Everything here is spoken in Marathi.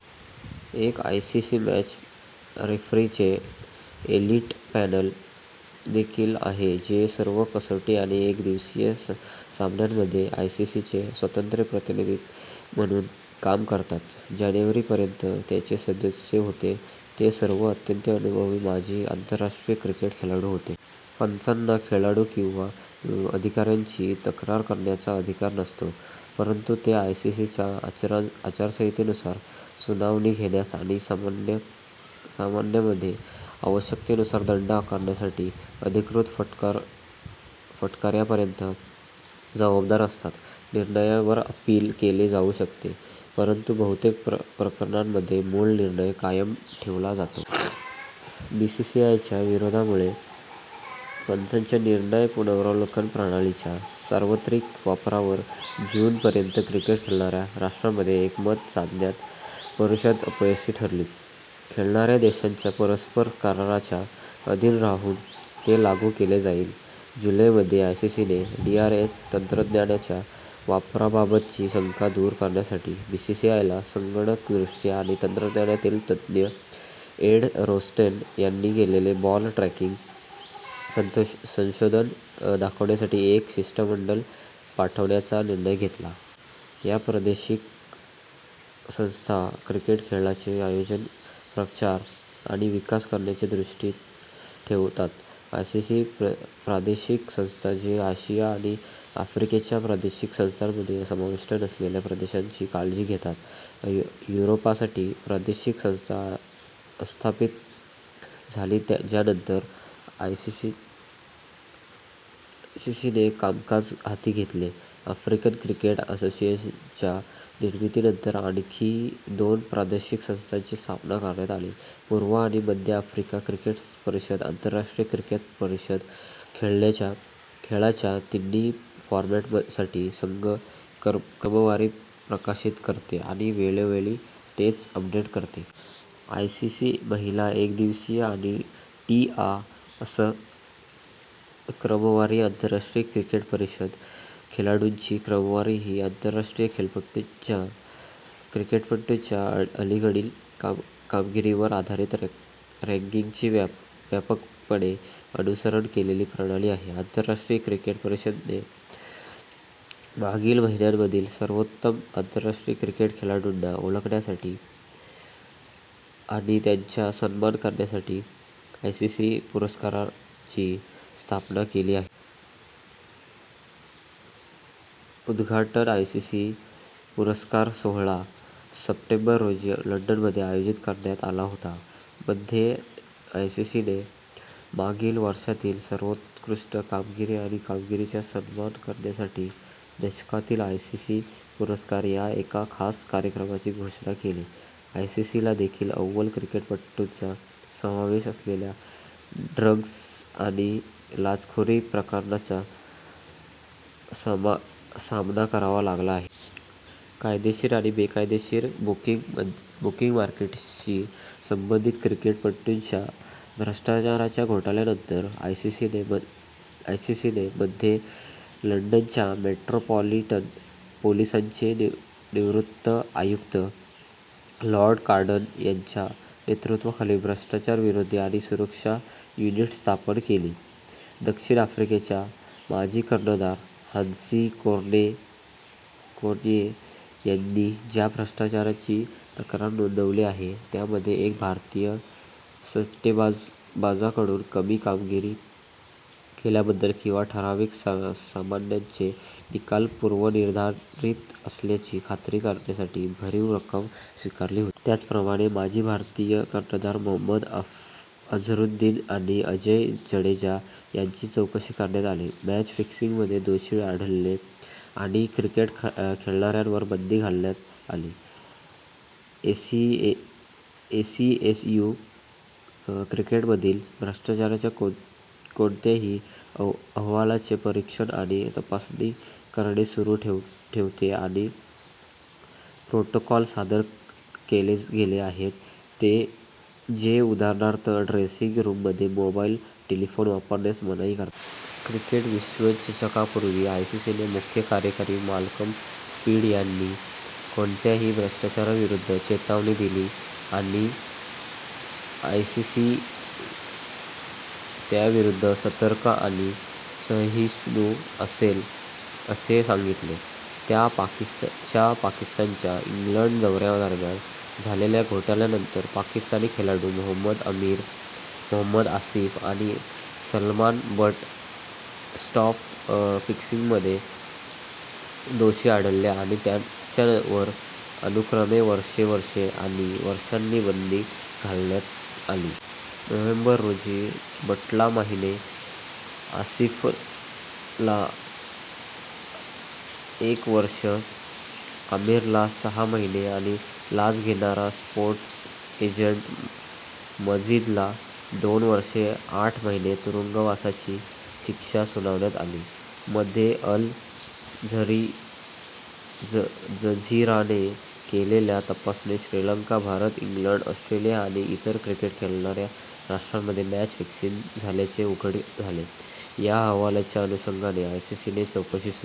एक आयसीसी मॅच रेफरींचे एलिट पॅनेल देखील आहे जे सर्व कसोटी आणि एकदिवसीय सामन्यांमध्ये आयसीसीचे स्वतंत्र प्रतिनिधी म्हणून काम करतात. जानेवारी पर्यंत, त्याचे सदस्य होते, ते सर्व अत्यंत अनुभवी माजी आंतरराष्ट्रीय क्रिकेट खेळाडू होते. पंचांना खेळाडू किंवा अधिकाऱ्यांची तक्रार करण्याचा अधिकार नसतो, परंतु ते आयसीसीच्या आचारसंहितेनुसार सुनावणी घेण्यास आणि सामन्यांमध्ये आवश्यकतेनुसार दंड आकारण्यासाठी, अधिकृत फटकारण्यापर्यंत जबाबदार असतात. निर्णयांवर अपील केले जाऊ शकते, परंतु बहुतेक प्रकरणांमध्ये मूळ निर्णय कायम ठेवला जातो. बीसीसीआयच्या विरोधामुळे पंचांच्या निर्णय पुनरावलोकन प्रणालीच्या सार्वत्रिक वापरावर जून पर्यंत क्रिकेट खेळणाऱ्या राष्ट्रांमध्ये एकमत साधण्यात परिषद अपयशी ठरली. खेळणाऱ्या देशांच्या परस्पर कराराच्या अधीन राहून ते लागू केले जाईल. जुलै मध्ये, आयसीसीने डीआरएस तंत्रज्ञानाच्या वापराबाबतची शंका दूर करण्यासाठी बीसीसीआयला संगणक दृष्टी आणि तंत्रज्ञानातील तज्ञ एड रोस्टेन यांनी केलेले बॉल ट्रॅकिंग संशोधन दाखवण्यासाठी एक शिष्टमंडळ पाठवण्याचा निर्णय घेतला.। या प्रादेशिक संस्था क्रिकेट खेळाचे आयोजन, प्रचार आणि विकास करण्याचे उद्दिष्ट ठेवतात: आयसीसी प्रादेशिक संस्था जे आशिया आणि आफ्रिकेच्या प्रादेशिक संस्थांमध्ये समाविष्ट नसलेल्या प्रदेशांची काळजी घेतात: युरोपसाठी प्रादेशिक संस्था अस्थापित झाली ज्यानंतर आयसीसीने कामकाज हाती घेतले: आफ्रिकन क्रिकेट असोसिएशनच्या निर्मितीनंतर आणखी दोन प्रादेशिक संस्थांची स्थापना करण्यात आली: पूर्व आणि मध्य आफ्रिका क्रिकेट परिषद आंतरराष्ट्रीय क्रिकेट परिषद खेळाच्या तिन्ही फॉरमॅटसाठी संघ क्रमवारी प्रकाशित करते आणि वेळोवेळी तेच अपडेट करते. आयसीसी महिला एकदिवसीय आणि टी आ संघ क्रमवारी आंतरराष्ट्रीय क्रिकेट परिषद खेळाडूंची क्रमवारी ही आंतरराष्ट्रीय क्रिकेटपटूंच्या अलीकडील कामगिरीवर आधारित रँकिंगची व्यापकपणे अनुसरण केलेली प्रणाली आहे. आंतरराष्ट्रीय क्रिकेट परिषदेने मागील महिन्यांतील सर्वोत्तम आंतरराष्ट्रीय क्रिकेट खेळाडूंना ओळखण्यासाठी आणि त्यांचा सन्मान करण्यासाठी आयसीसी पुरस्कारां ची स्थापना केली आहे. उद्घाटन आयसीसी पुरस्कार सोहळा सप्टेंबर रोजी लंडनमध्ये आयोजित करण्यात आला होता. मध्ये, आयसीसीने मागील वर्षांतील सर्वोत्कृष्ट कामगिरी आणि कामगिरीचा सन्मान करण्यासाठी दशकातील आयसीसी पुरस्कार या एका खास कार्यक्रमाची घोषणा केली. आयसीसीला देखील अव्वल क्रिकेटपटूंचा समावेश असलेल्या ड्रग्ज आणि लाचखोरी प्रकरणांचा सामना करावा लागला आहे. कायदेशीर आणि बेकायदेशीर बुकमेकिंग मार्केटशी संबंधित क्रिकेटपटूंच्या भ्रष्टाचाराच्या घोटाळ्यांनंतर, आयसीसीने मध्ये लंडनच्या मेट्रोपॉलिटन पोलिसांचे निवृत्त आयुक्त, लॉर्ड कांडन यांच्या नेतृत्वाखाली भ्रष्टाचारविरोधी आणि सुरक्षा युनिट स्थापन केले. दक्षिण आफ्रिकेचा माजी कर्णधार हान्सी क्रोन्ये यांनी ज्या भ्रष्टाचाराची तक्रार नोंदवली आहे त्यामध्ये एक भारतीय सट्टेबाजाकडून कमी कामगिरी केल्याबद्दल किंवा ठराविक सामन्यांचे निकाल पूर्वनिर्धारित असल्याची खात्री करण्यासाठी भरीव रक्कम स्वीकारली होती. त्याचप्रमाणे, माजी भारतीय कर्णधार मोहम्मद अझरुद्दीन आणि अजय जडेजा यांची चौकशी करण्यात आली, मॅच फिक्सिंगमध्ये दोषी आढळले आणि क्रिकेट खेळण्यावर बंदी घालण्यात आली. एसीएसयू क्रिकेटमधील भ्रष्टाचाराच्या कोणत्याही अहवालाचे परीक्षण आणि तपासणी करणे सुरू ठेवते आणि प्रोटोकॉल सादर केले गेले आहेत, जे उदाहरणार्थ ड्रेसिंग रूममध्ये मोबाईल टेलिफोन वापरण्यास मनाई करतात. क्रिकेट विश्वचषकापूर्वी, आयसीसीचे मुख्य कार्यकारी माल्कम स्पीड यांनी कोणत्याही भ्रष्टाचाराविरुद्ध चेतावणी दिली आणि आयसीसी त्याविरुद्ध सतर्क आणि असहिष्णु असेल असे सांगितले. च्या पाकिस्तानच्या इंग्लंड दौऱ्यादरम्यान झालेल्या घोटाळ्यानंतर, पाकिस्तानी खेळाडू, मोहम्मद अमीर, मोहम्मद आसिफ आणि सलमान बट स्पॉट-फिक्सिंगमध्ये दोषी आढळले आणि त्यांच्यावर अनुक्रमे वर्षे, वर्षे आणि वर्षांची बंदी घालण्यात आली. नोव्हेंबर रोजी, बटला महिने, आसिफला एक वर्ष, अमीरला सहा महिने आणि लाच देणारा स्पोर्ट्स एजंट मजीदला दोन वर्षे आठ महिने तुरुंगवासाची शिक्षा सुनावण्यात आली. मध्ये, अल जझीराने केलेल्या तपासणीत श्रीलंका, भारत, इंग्लंड, ऑस्ट्रेलिया आणि इतर क्रिकेट खेळणाऱ्या राष्ट्रांमध्ये मॅच फिक्सिंग झाल्याचे उघड झाले. या अहवालाच्या अनुषंगाने आयसीसीने चौकशी सुरू केली.